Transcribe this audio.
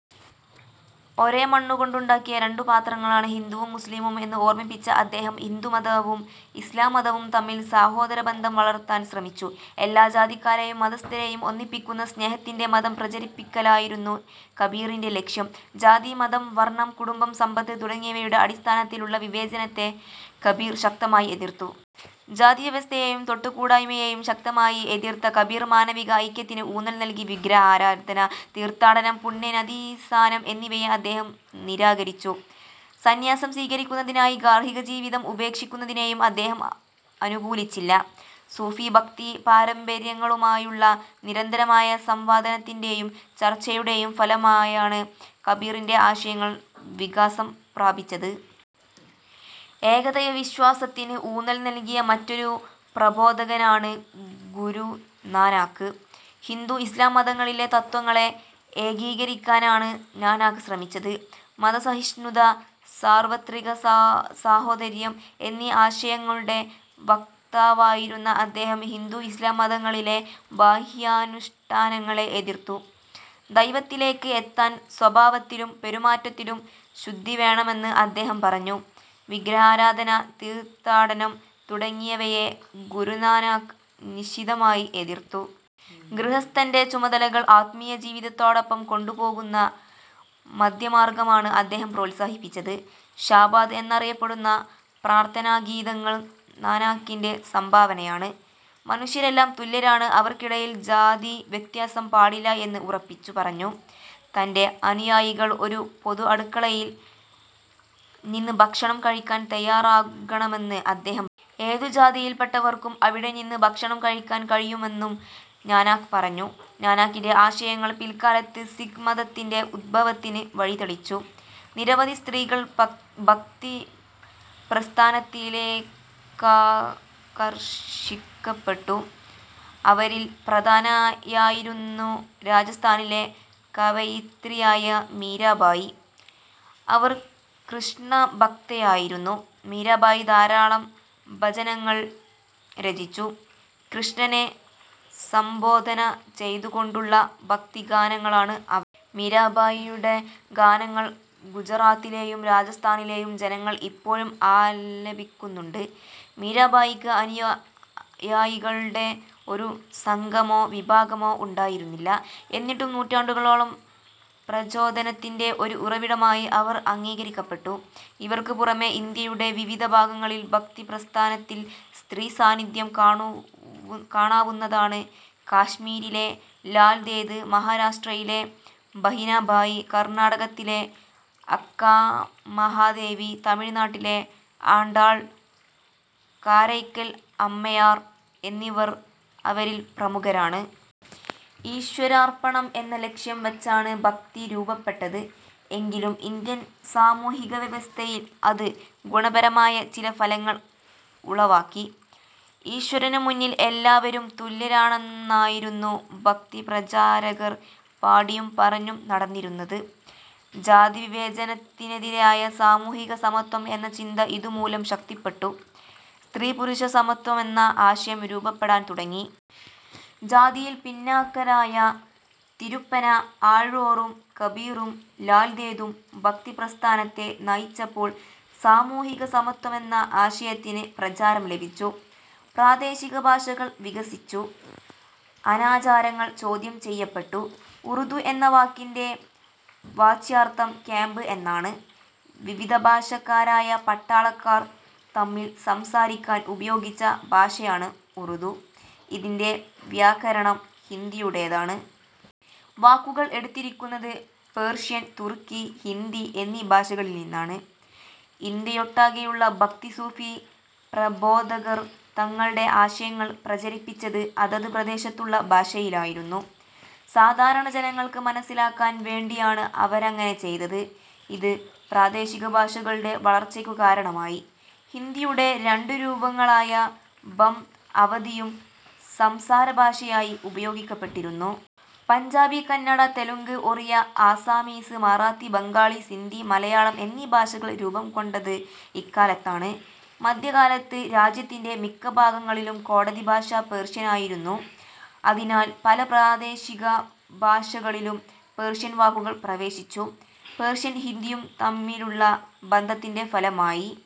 ഒരേ മണ്ണുകൊണ്ടുണ്ടാക്കിയ രണ്ടു പാത്രങ്ങളാണ് ഹിന്ദുവും മുസ്ലിമും എന്ന് ഓർമിപ്പിച്ച അദ്ദേഹം ഹിന്ദു മതവും ഇസ്ലാംമതവും തമ്മിൽ സാഹോദര്യബന്ധം വളർത്താൻ ശ്രമിച്ചു. എല്ലാ ജാതിക്കാരെയും മതസ്ഥരെയും ഒന്നിപ്പിക്കുന്ന സ്നേഹത്തിന്റെ മതം പ്രചരിപ്പിക്കലായിരുന്നു കബീറിന്റെ ലക്ഷ്യം. ജാതി, മതം, വർണം, കുടുംബം, സമ്പത്ത് തുടങ്ങിയവയുടെ അടിസ്ഥാനത്തിലുള്ള വിവേചനത്തെ കബീർ ശക്തമായി എതിർത്തു. ജാതിവ്യവസ്ഥയെയും തൊട്ടു കൂടായ്മയെയും ശക്തമായി എതിർത്ത കബീർ മാനവിക ഐക്യത്തിന് ഊന്നൽ നൽകി. വിഗ്രഹാരാധന, തീർത്ഥാടനം, പുണ്യനദീസാനം എന്നിവയെ അദ്ദേഹം നിരാകരിച്ചു. സന്ന്യാസം സ്വീകരിക്കുന്നതിനായി ഗാർഹികജീവിതം ഉപേക്ഷിക്കുന്നതിനെയും അദ്ദേഹം അനുകൂലിച്ചില്ല. സൂഫി ഭക്തി പാരമ്പര്യങ്ങളുമായുള്ള നിരന്തരമായ സംവാദത്തിന്റെയും ചർച്ചയുടെയും ഫലമായാണ് കബീറിന്റെ ആശയങ്ങൾ വികാസം പ്രാപിച്ചത്. ഏകദൈവവിശ്വാസത്തിന് ഊന്നൽ നൽകിയ മറ്റൊരു പ്രബോധകനാണ് ഗുരുനാനാക്ക്. ഹിന്ദു, ഇസ്ലാം മതങ്ങളിലെ തത്ത്വങ്ങളെ ഏകീകരിക്കാനാണ് നാനാക്ക് ശ്രമിച്ചത്. മതസഹിഷ്ണുത, സാർവത്രിക സാഹോദര്യം എന്നീ ആശയങ്ങളുടെ വക്താവായിരുന്ന അദ്ദേഹം ഹിന്ദു ഇസ്ലാം മതങ്ങളിലെ ബാഹ്യാനുഷ്ഠാനങ്ങളെ എതിർത്തു. ദൈവത്തിലേക്ക് എത്താൻ സ്വഭാവത്തിലും പെരുമാറ്റത്തിലും ശുദ്ധിവേണമെന്ന് അദ്ദേഹം പറഞ്ഞു. വിഗ്രഹാരാധന, തീർത്ഥാടനം തുടങ്ങിയവയെ ഗുരുനാനാക് നിശിതമായി എതിർത്തു. ഗൃഹസ്ഥന്റെ ചുമതലകൾ ആത്മീയ ജീവിതത്തോടൊപ്പം കൊണ്ടു പോകുന്ന മധ്യമാർഗമാണ് അദ്ദേഹം പ്രോത്സാഹിപ്പിച്ചത്. ഷാബാദ് എന്നറിയപ്പെടുന്ന പ്രാർഥനാഗീതങ്ങൾ നാനാക്കിന്റെ സംഭാവനയാണ്. മനുഷ്യരെല്ലാം തുല്യരാണ്, അവർക്കിടയിൽ ജാതിവ്യത്യാസം പാടില്ല എന്ന് ഉറപ്പിച്ചു പറഞ്ഞു. തന്റെ അനുയായികൾ ഒരു പൊതു അടുക്കള യിൽ നിന്ന് ഭക്ഷണം കഴിക്കാൻ തയാറാകണമെന്ന് അദ്ദേഹം പറഞ്ഞു. ഏതു ജാതിയിൽപ്പെട്ടവർക്കും അവിടെനിന്ന് ഭക്ഷണം കഴിക്കാൻ കഴിയുമെന്നും നാനാക്ക് പറഞ്ഞു. നാനാക്കിന്റെ ആശയങ്ങൾ പിൽക്കാലത്ത് സിഖ് മതത്തിന്റെ ഉദ്ഭവത്തിന് വഴിതെളിച്ചു. നിരവധി സ്ത്രീകൾ ഭക്തിപ്രസ്ഥാനത്തിലേക്കാകർഷിക്കപ്പെട്ടു. അവരിൽ പ്രധാനിയായിരുന്നു രാജസ്ഥാനിലെ കവയിത്രിയായ മീരാഭായി. അവർ കൃഷ്ണഭക്തയായിരുന്നു. മീരാഭായി ധാരാളം ഭജനകൾ രചിച്ചു. കൃഷ്ണനെ സംബോധന ചെയ്തുകൊണ്ടുള്ള ഭക്തിഗാനങ്ങളാണ് അവയെല്ലാം. മീരാഭായിയുടെ ഗാനങ്ങൾ ഗുജറാത്തിലെയും രാജസ്ഥാനിലെയും ജനങ്ങൾ ഇപ്പോഴും ആലപിക്കുന്നുണ്ട്. മീരാ ഭായിക്ക് അനുയായികളുടെ ഒരു സംഘമോ വിഭാഗമോ ഉണ്ടായിരുന്നില്ല. എന്നിട്ടും നൂറ്റാണ്ടുകളോളം പ്രചോദനത്തിന്റെ ഒരു ഉറവിടമായി അവർ അംഗീകരിക്കപ്പെട്ടു. ഇവർക്ക് പുറമെ ഇന്ത്യയുടെ വിവിധ ഭാഗങ്ങളിലെ ഭക്തിപ്രസ്ഥാനത്തിൽ സ്ത്രീസാന്നിധ്യം കാണാവുന്നതാണ്. കാശ്മീരിലെ ലാൽദേദ്, മഹാരാഷ്ട്രയിലെ ഭഹിനാഭായ്, കർണാടകത്തിലെ അക്കാമഹാദേവി, തമിഴ്നാട്ടിലെ ആണ്ടാൾ, കാരയ്ക്കൽ അമ്മയാർ എന്നിവർ അവരിൽ പ്രമുഖരാണ്. ഈശ്വരാർപ്പണം എന്ന ലക്ഷ്യം വച്ചാണ് ഭക്തി രൂപപ്പെട്ടത് എങ്കിലും ഇന്ത്യൻ സാമൂഹിക വ്യവസ്ഥയിൽ അത് ഗുണപരമായ ചില ഫലങ്ങൾ ഉളവാക്കി. ഈശ്വരനു മുന്നിൽ എല്ലാവരും തുല്യരാണെന്നായിരുന്നു ഭക്തിപ്രചാരകർ പാടിയും പറഞ്ഞും നടന്നിരുന്നത്. ജാതിവിവേചനത്തിനെതിരായ സാമൂഹിക സമത്വം എന്ന ചിന്ത ഇതുമൂലം ശക്തിപ്പെട്ടു. സ്ത്രീപുരുഷ സമത്വമെന്ന ആശയം രൂപപ്പെടാൻ തുടങ്ങി. ജാതിയിൽ പിന്നാക്കക്കാരായ തിരുപ്പന ആഴ്വാറും കബീറും ലാൽദേദും ഭക്തിപ്രസ്ഥാനത്തെ നയിച്ചപ്പോൾ സാമൂഹികസമത്വമെന്ന ആശയത്തിന് പ്രചാരം ലഭിച്ചു. പ്രാദേശികഭാഷകൾ വികസിച്ചു. അനാചാരങ്ങൾ ചോദ്യം ചെയ്യപ്പെട്ടു. ഉറുദു എന്ന വാക്കിന്റെ വാച്യാർഥം ക്യാമ്പ് എന്നാണ്. വിവിധ ഭാഷക്കാരായ പട്ടാളക്കാർ തമ്മിൽ സംസാരിക്കാൻ ഉപയോഗിച്ച ഭാഷയാണ് ഉറുദു. ഇതിന്റെ വ്യാകരണം ഹിന്ദിയുടേതാണ്. വാക്കുകൾ എടുത്തിരിക്കുന്നത് പേർഷ്യൻ, തുർക്കി, ഹിന്ദി എന്നീ ഭാഷകളിൽ നിന്നാണ്. ഇന്ത്യയൊട്ടാകെയുള്ള ഭക്തി-സൂഫി പ്രബോധകർ തങ്ങളുടെ ആശയങ്ങൾ പ്രചരിപ്പിച്ചത് അതത് പ്രദേശത്തുള്ള ഭാഷയിലായിരുന്നു. സാധാരണ ജനങ്ങൾക്ക് മനസ്സിലാകാൻ വേണ്ടിയാണ് അവരങ്ങനെ ചെയ്തത്. ഇത് പ്രാദേശികഭാഷകളുടെ വളർച്ചയ്ക്കു കാരണമായി. ഹിന്ദിയുടെ രണ്ടു രൂപങ്ങളായ ബം അവധിയും സംസാരഭാഷയായി ഉപയോഗിക്കപ്പെട്ടിരുന്നു. പഞ്ചാബി, കന്നഡ, തെലുങ്ക്, ഒറിയ, ആസാമീസ്, മറാത്തി, ബംഗാളി, സിന്ധി, മലയാളം എന്നീ ഭാഷകൾ രൂപംകൊണ്ടത് ഇക്കാലത്താണ്. മധ്യകാലത്ത് രാജ്യത്തിന്റെ മിക്ക ഭാഗങ്ങളിലും കോടതിഭാഷ പേർഷ്യനായിരുന്നു. അതിനാൽ പല പ്രാദേശികഭാഷകളിലും പേർഷ്യൻ വാക്കുകൾ പ്രവേശിച്ചു. പേർഷ്യനും ഹിന്ദിയും തമ്മിലുള്ള ബന്ധത്തിന്റെ ഫലമായി